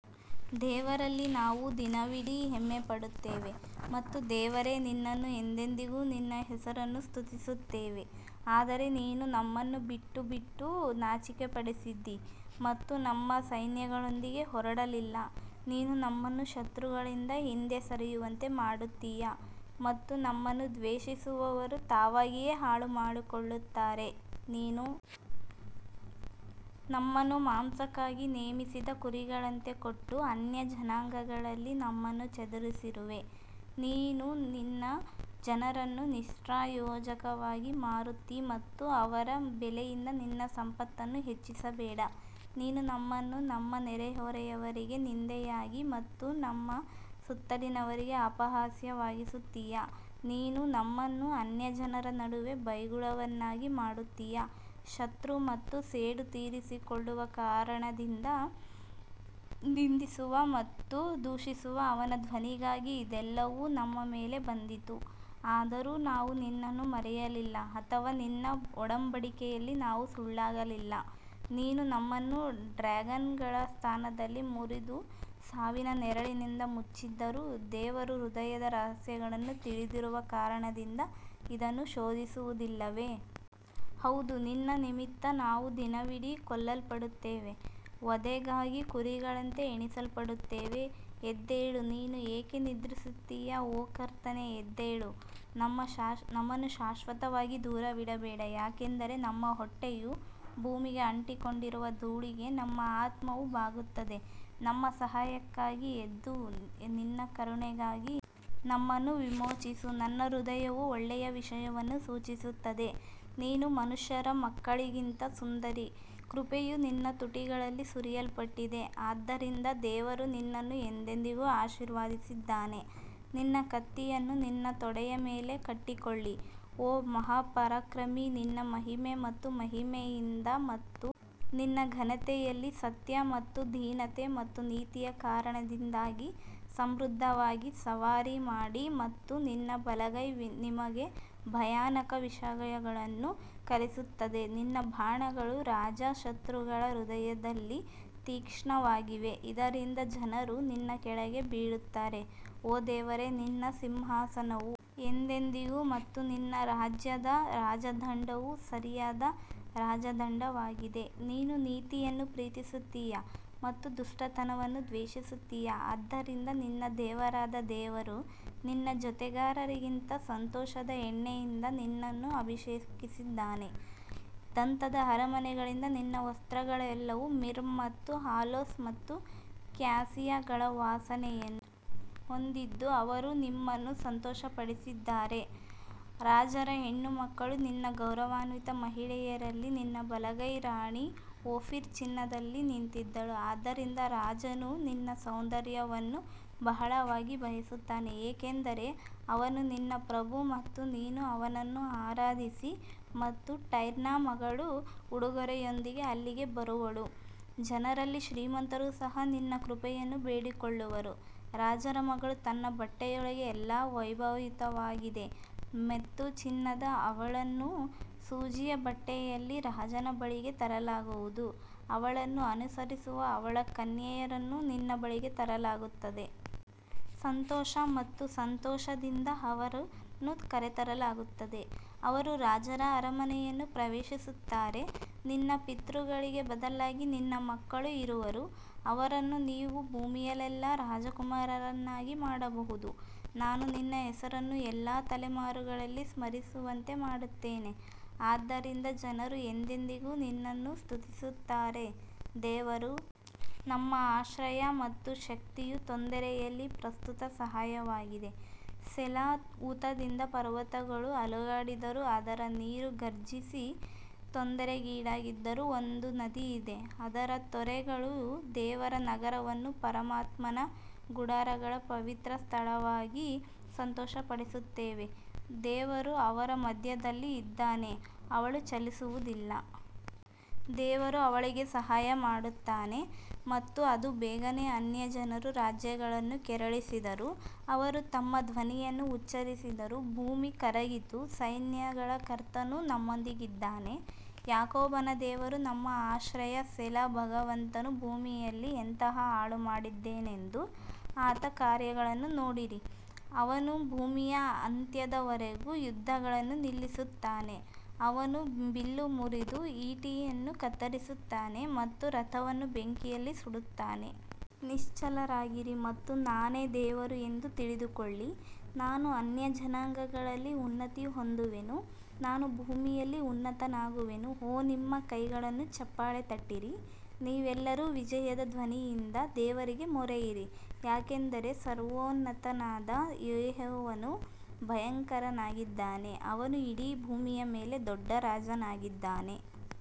ದೇವರಲ್ಲಿ ನಾವು ದಿನವಿಡೀ ಹೆಮ್ಮೆಪಡುತ್ತೇವೆ ಮತ್ತು ದೇವರೇ ನಿನ್ನನ್ನು ಎಂದೆಂದಿಗೂ ನಿನ್ನ ಹೆಸರನ್ನು ಸ್ತುತಿಸುತ್ತೇವೆ ಆದರೆ ನೀನು ನಮ್ಮನ್ನು ಬಿಟ್ಟುಬಿಟ್ಟು ನಾಚಿಕೆಪಡಿಸಿದ್ದೀ ಮತ್ತು ನಮ್ಮ ಸೈನ್ಯಗಳೊಂದಿಗೆ ಹೊರಡಲಿಲ್ಲ ನೀನು ನಮ್ಮನ್ನು ಶತ್ರುಗಳಿಂದ ಹಿಂದೆ ಸರಿಯುವಂತೆ ಮಾಡುತ್ತೀಯ ಮತ್ತು ನಮ್ಮನ್ನು ದ್ವೇಷಿಸುವವರು ತಾವಾಗಿಯೇ ಹಾಳು ಮಾಡಿಕೊಳ್ಳುತ್ತಾರೆ ನೀನು ನಮ್ಮನ್ನು ಮಾಂಸಕ್ಕಾಗಿ ನೇಮಿಸಿದ ಕುರಿಗಳಂತೆ ಕೊಟ್ಟು ಅನ್ಯಜನಾಂಗಗಳಲ್ಲಿ ನಮ್ಮನ್ನು ಚದುರಿಸಿರುವೆ ನೀನು ನಿನ್ನ ಜನರನ್ನು ನಿಷ್ಪ್ರಯೋಜಕವಾಗಿ ಮಾರುತ್ತೀ ಮತ್ತು ಅವರ ಬೆಲೆಯಿಂದ ನಿನ್ನ ಸಂಪತ್ತನ್ನು ಹೆಚ್ಚಿಸಬೇಡ ನೀನು ನಮ್ಮನ್ನು ನಮ್ಮ ನೆರೆಹೊರೆಯವರಿಗೆ ನಿಂದೆಯಾಗಿ ಮತ್ತು ನಮ್ಮ ಸುತ್ತಲಿನವರಿಗೆ ಅಪಹಾಸ್ಯವಾಗಿಸುತ್ತೀಯಾ ನೀನು ನಮ್ಮನ್ನು ಅನ್ಯಜನರ ನಡುವೆ ಬೈಗುಳವನ್ನಾಗಿ ಮಾಡುತ್ತೀಯಾ ಶತ್ರು ಮತ್ತು ಸೇಡು ತೀರಿಸಿಕೊಳ್ಳುವ ಕಾರಣದಿಂದ ನಿಂದಿಸುವ ಮತ್ತು ದೂಷಿಸುವ ಅವನ ಧ್ವನಿಗಾಗಿ ಇದೆಲ್ಲವೂ ನಮ್ಮ ಮೇಲೆ ಬಂದಿತು, ಆದರೂ ನಾವು ನಿನ್ನನ್ನು ಮರೆಯಲಿಲ್ಲ ಅಥವಾ ನಿನ್ನ ಒಡಂಬಡಿಕೆಯಲ್ಲಿ ನಾವು ಸುಳ್ಳಾಗಲಿಲ್ಲ ನೀನು ನಮ್ಮನ್ನು ಡ್ರ್ಯಾಗನ್ಗಳ ಸ್ಥಾನದಲ್ಲಿ ಮುರಿದು ಸಾವಿನ ನೆರಳಿನಿಂದ ಮುಚ್ಚಿದ್ದರೂ ದೇವರು ಹೃದಯದ ರಹಸ್ಯಗಳನ್ನು ತಿಳಿದಿರುವ ಕಾರಣದಿಂದ ಇದನ್ನು ಶೋಧಿಸುವುದಿಲ್ಲವೇ? ಹೌದು ನಿನ್ನ ನಿಮಿತ್ತ ನಾವು ದಿನವಿಡೀ ಕೊಲ್ಲಲ್ಪಡುತ್ತೇವೆ, ವಧೆಗಾಗಿ ಕುರಿಗಳಂತೆ ಎಣಿಸಲ್ಪಡುತ್ತೇವೆ ಎದ್ದೇಳು ನೀನು ಏಕೆ ನಿದ್ರಿಸುತ್ತೀಯ ಓ ಕರ್ತನೇ ಎದ್ದೇಳು ನಮ್ಮ ನಮ್ಮನ್ನು ಶಾಶ್ವತವಾಗಿ ದೂರವಿಡಬೇಡ ಯಾಕಂದರೆ ನಮ್ಮ ಹೊಟ್ಟೆಯು ಭೂಮಿಗೆ ಅಂಟಿಕೊಂಡಿರುವ ಧೂಳಿಗೆ ನಮ್ಮ ಆತ್ಮವು ಬಾಗುತ್ತದೆ ನಮ್ಮ ಸಹಾಯಕ್ಕಾಗಿ ಎದ್ದು ನಿನ್ನ ಕರುಣೆಗಾಗಿ ನಮ್ಮನ್ನು ವಿಮೋಚಿಸು ನನ್ನ ಹೃದಯವು ಒಳ್ಳೆಯ ವಿಷಯವನ್ನು ಸೂಚಿಸುತ್ತದೆ ನೀನು ಮನುಷ್ಯರ ಮಕ್ಕಳಿಗಿಂತ ಸುಂದರಿ ಕೃಪೆಯು ನಿನ್ನ ತುಟಿಗಳಲ್ಲಿ ಸುರಿಯಲ್ಪಟ್ಟಿದೆ ಆದ್ದರಿಂದ ದೇವರು ನಿನ್ನನ್ನು ಎಂದೆಂದಿಗೂ ಆಶೀರ್ವದಿಸಿದ್ದಾನೆ ನಿನ್ನ ಕತ್ತಿಯನ್ನು ನಿನ್ನ ತೊಡೆಯ ಮೇಲೆ ಕಟ್ಟಿಕೊಳ್ಳಿ ಓ ಮಹಾಪರಾಕ್ರಮಿ ನಿನ್ನ ಮಹಿಮೆ ಮತ್ತು ಮಹಿಮೆಯಿಂದ ಮತ್ತು ನಿನ್ನ ಘನತೆಯಲ್ಲಿ ಸತ್ಯ ಮತ್ತು ದೀನತೆ ಮತ್ತು ನೀತಿಯ ಕಾರಣದಿಂದಾಗಿ ಸಮೃದ್ಧವಾಗಿ ಸವಾರಿ ಮಾಡಿ ಮತ್ತು ನಿನ್ನ ಬಲಗೈ ನಿಮಗೆ ಭಯಾನಕ ವಿಷಯಗಳನ್ನು ಕಲಿಸುತ್ತದೆ ನಿನ್ನ ಬಾಣಗಳು ರಾಜ ಶತ್ರುಗಳ ಹೃದಯದಲ್ಲಿ ತೀಕ್ಷ್ಣವಾಗಿವೆ, ಇದರಿಂದ ಜನರು ನಿನ್ನ ಕೆಳಗೆ ಬೀಳುತ್ತಾರೆ ಓ ದೇವರೇ ನಿನ್ನ ಸಿಂಹಾಸನವು ಎಂದೆಂದಿಗೂ ಮತ್ತು ನಿನ್ನ ರಾಜ್ಯದ ರಾಜದಂಡವು ಸರಿಯಾದ ರಾಜದಂಡವಾಗಿದೆ ನೀನು ನೀತಿಯನ್ನು ಪ್ರೀತಿಸುತ್ತೀಯ ಮತ್ತು ದುಷ್ಟತನವನ್ನು ದ್ವೇಷಿಸುತ್ತೀಯಾ ಆದ್ದರಿಂದ ನಿನ್ನ ದೇವರಾದ ದೇವರು ನಿನ್ನ ಜೊತೆಗಾರರಿಗಿಂತ ಸಂತೋಷದ ಎಣ್ಣೆಯಿಂದ ನಿನ್ನನ್ನು ಅಭಿಷೇಕಿಸಿದ್ದಾನೆ ದಂತದ ಅರಮನೆಗಳಿಂದ ನಿನ್ನ ವಸ್ತ್ರಗಳೆಲ್ಲವೂ ಮಿರ್ ಮತ್ತು ಅಲೋಸ್ ಮತ್ತು ಕ್ಯಾಸಿಯಾಗಳ ವಾಸನೆಯನ್ನು ಹೊಂದಿದ್ದು, ಅವರು ನಿಮ್ಮನ್ನು ಸಂತೋಷಪಡಿಸಿದ್ದಾರೆ ರಾಜರ ಹೆಣ್ಣುಮಕ್ಕಳು ನಿನ್ನ ಗೌರವಾನ್ವಿತ ಮಹಿಳೆಯರಲ್ಲಿ ನಿನ್ನ ಬಲಗೈಯಲ್ಲಿ ರಾಣಿ ಓಫೀರ್ ಚಿನ್ನದಲ್ಲಿ ನಿಂತಿದ್ದಳು ಆದ್ದರಿಂದ ರಾಜನು ನಿನ್ನ ಸೌಂದರ್ಯವನ್ನು ಬಹಳವಾಗಿ ಬಯಸುತ್ತಾನೆ ಏಕೆಂದರೆ ಅವನು ನಿನ್ನ ಪ್ರಭು ಮತ್ತು ನೀನು ಅವನನ್ನು ಆರಾಧಿಸಿ ಮತ್ತು ಟೈರ್ನ ಮಗಳು ಉಡುಗೊರೆಯೊಂದಿಗೆ ಅಲ್ಲಿಗೆ ಬರುವಳು, ಜನರಲ್ಲಿ ಶ್ರೀಮಂತರು ಸಹ ನಿನ್ನ ಕೃಪೆಯನ್ನು ಬೇಡಿಕೊಳ್ಳುವರು ರಾಜರ ಮಗಳು ತನ್ನ ಬಟ್ಟೆಯೊಳಗೆ ಎಲ್ಲಾ ವೈಭವಯುತವಾಗಿದೆ ಮೆತು ಚಿನ್ನದ ಅವಳನ್ನು ಸೂಜಿಯ ಬಟ್ಟೆಯಲ್ಲಿ ರಾಜನ ಬಳಿಗೆ ತರಲಾಗುವುದು, ಅವಳನ್ನು ಅನುಸರಿಸುವ ಅವಳ ಕನ್ಯೆಯರನ್ನು ನಿನ್ನ ಬಳಿಗೆ ತರಲಾಗುತ್ತದೆ. ಸಂತೋಷ ಮತ್ತು ಸಂತೋಷದಿಂದ ಅವರನ್ನು ಕರೆತರಲಾಗುತ್ತದೆ, ಅವರು ರಾಜರ ಅರಮನೆಯನ್ನು ಪ್ರವೇಶಿಸುತ್ತಾರೆ ನಿನ್ನ ಪಿತೃಗಳಿಗೆ ಬದಲಾಗಿ ನಿನ್ನ ಮಕ್ಕಳು ಇರುವರು, ಅವರನ್ನು ನೀವು ಭೂಮಿಯಲ್ಲೆಲ್ಲಾ ರಾಜಕುಮಾರರನ್ನಾಗಿ ಮಾಡಬಹುದು ನಾನು ನಿನ್ನ ಹೆಸರನ್ನು ಎಲ್ಲಾ ತಲೆಮಾರುಗಳಲ್ಲಿ ಸ್ಮರಿಸುವಂತೆ ಮಾಡುತ್ತೇನೆ ಆದ್ದರಿಂದ ಜನರು ಎಂದೆಂದಿಗೂ ನಿನ್ನನ್ನು ಸ್ತುತಿಸುತ್ತಾರೆ ದೇವರು ನಮ್ಮ ಆಶ್ರಯ ಮತ್ತು ಶಕ್ತಿಯು ತೊಂದರೆಯಲ್ಲಿ ಪ್ರಸ್ತುತ ಸಹಾಯವಾಗಿದೆ ಸೆಲಾ ಊತದಿಂದ ಪರ್ವತಗಳು ಅಲುಗಾಡಿದರೂ ಅದರ ನೀರು ಘರ್ಜಿಸಿ ತೊಂದರೆಗೀಡಾಗಿದ್ದರೂ ಒಂದು ನದಿ ಇದೆ, ಅದರ ತೊರೆಗಳು ದೇವರ ನಗರವನ್ನು ಪರಮಾತ್ಮನ ಗುಡಾರಗಳ ಪವಿತ್ರ ಸ್ಥಳವಾಗಿ ಸಂತೋಷಪಡಿಸುತ್ತವೆ ದೇವರು ಅವಳ ಮಧ್ಯದಲ್ಲಿ ಇದ್ದಾನೆ, ಅವಳು ಚಲಿಸುವುದಿಲ್ಲ, ದೇವರು ಅವಳಿಗೆ ಸಹಾಯ ಮಾಡುತ್ತಾನೆ ಮತ್ತು ಅದು ಬೇಗನೆ ಅನ್ಯಜನರು ರಾಜ್ಯಗಳನ್ನು ಕೆರಳಿಸಿದರು, ಅವರು ತಮ್ಮ ಧ್ವನಿಯನ್ನು ಉಚ್ಚರಿಸಿದರು ಭೂಮಿ ಕರಗಿತು ಸೈನ್ಯಗಳ ಕರ್ತನು ನಮ್ಮೊಂದಿಗಿದ್ದಾನೆ, ಯಾಕೋಬನ ದೇವರು ನಮ್ಮ ಆಶ್ರಯ ಸೆಲಾ ಭಗವಂತನು ಭೂಮಿಯಲ್ಲಿ ಎಂತಹ ಹಾಳುಮಾಡಿದ್ದಾನೆಂದು ಆತನ ಕಾರ್ಯಗಳನ್ನು ನೋಡಿರಿ ಅವನು ಭೂಮಿಯ ಅಂತ್ಯದವರೆಗೂ ಯುದ್ಧಗಳನ್ನು ನಿಲ್ಲಿಸುತ್ತಾನೆ, ಅವನು ಬಿಲ್ಲು ಮುರಿದು, ಈಟಿಯನ್ನು ಕತ್ತರಿಸುತ್ತಾನೆ ಮತ್ತು ರಥವನ್ನು ಬೆಂಕಿಯಲ್ಲಿ ಸುಡುತ್ತಾನೆ. ನಿಶ್ಚಲರಾಗಿರಿ ಮತ್ತು ನಾನೇ ದೇವರು ಎಂದು ತಿಳಿದುಕೊಳ್ಳಿ ನಾನು ಅನ್ಯಜನಾಂಗಗಳಲ್ಲಿ ಉನ್ನತಿ ಹೊಂದುವೆನು ನಾನು ಭೂಮಿಯಲ್ಲಿ ಉನ್ನತನಾಗುವೆನು ಓ ನಿಮ್ಮ ಕೈಗಳನ್ನು ಚಪ್ಪಾಳೆ ತಟ್ಟಿರಿ, ನೀವೆಲ್ಲರೂ ವಿಜಯದ ಧ್ವನಿಯಿಂದ ದೇವರಿಗೆ ಮೊರೆಯಿರಿ ಯಾಕಂದರೆ ಸರ್ವೋನ್ನತನಾದ ಯೆಹೋವನು ಭಯಂಕರನಾಗಿದ್ದಾನೆ, ಅವನು ಇಡೀ ಭೂಮಿಯ ಮೇಲೆ ದೊಡ್ಡ ರಾಜನಾಗಿದ್ದಾನೆ.